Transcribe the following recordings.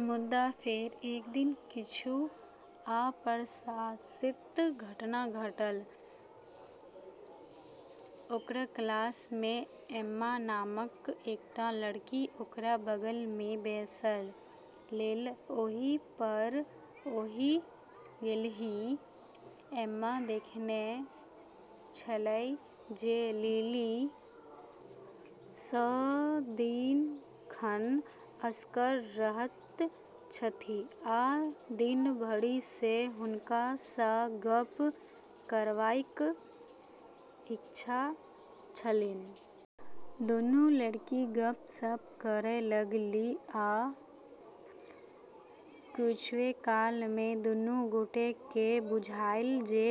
मुदा फेर एक दिन किछु अप्रत्याशित घटना घटल। ओकर क्लास मे एम्मा नामक एकटा लड़की ओकरा बगल मे बैसब लेल ओहि पार आबि गेलीह। एम्मा देखने छलीह जे लिली सदिखन असगर रहैत छथि आ दिन भरि सँ हुनका सँ गप्प करबाक इच्छा छलनि। दुनू लड़की गप्प-सप्प करब लगलीह आ किछुए काल मे दुनू गोटे केँ बुझायल जे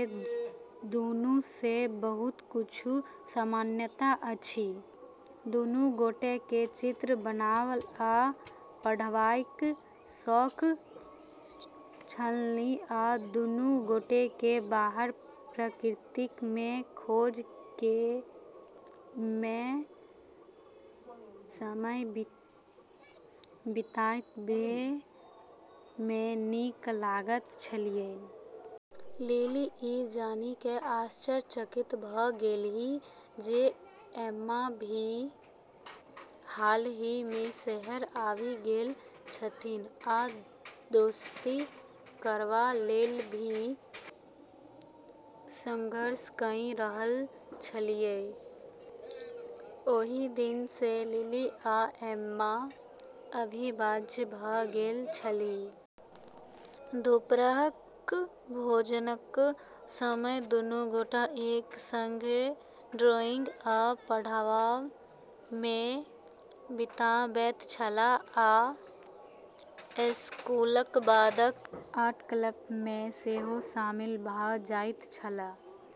दुनू मे बहुत किछु समानता अछि। दुनू गोटे केँ चित्र बनाब आ पढ़बाक शौक छलनि, आ दुनू गोटे केँ बाहर प्रकृति मे खोज मे समय बिताबै मे नीक लगैत छलनि। लिली ई जानि कऽ आश्चर्यचकित भऽ गेलीह जे एम्मा भी हालही मे शहर आबि गेल छथि आ दोस्ती करबा लेल भी संघर्ष कइ रहल छलीह। ओहि दिन सँ लिली आ एम्मा अविभाज्य भऽ गेल छलीह। दुपहरक भोजनक समय दुनू गोटे एक संग ड्राइंग आ पढ़बा मे बिताबैत छलाह आ स्कूलक बादक आर्ट क्लब मे सेहो शामिल भऽ जाइत छलाह।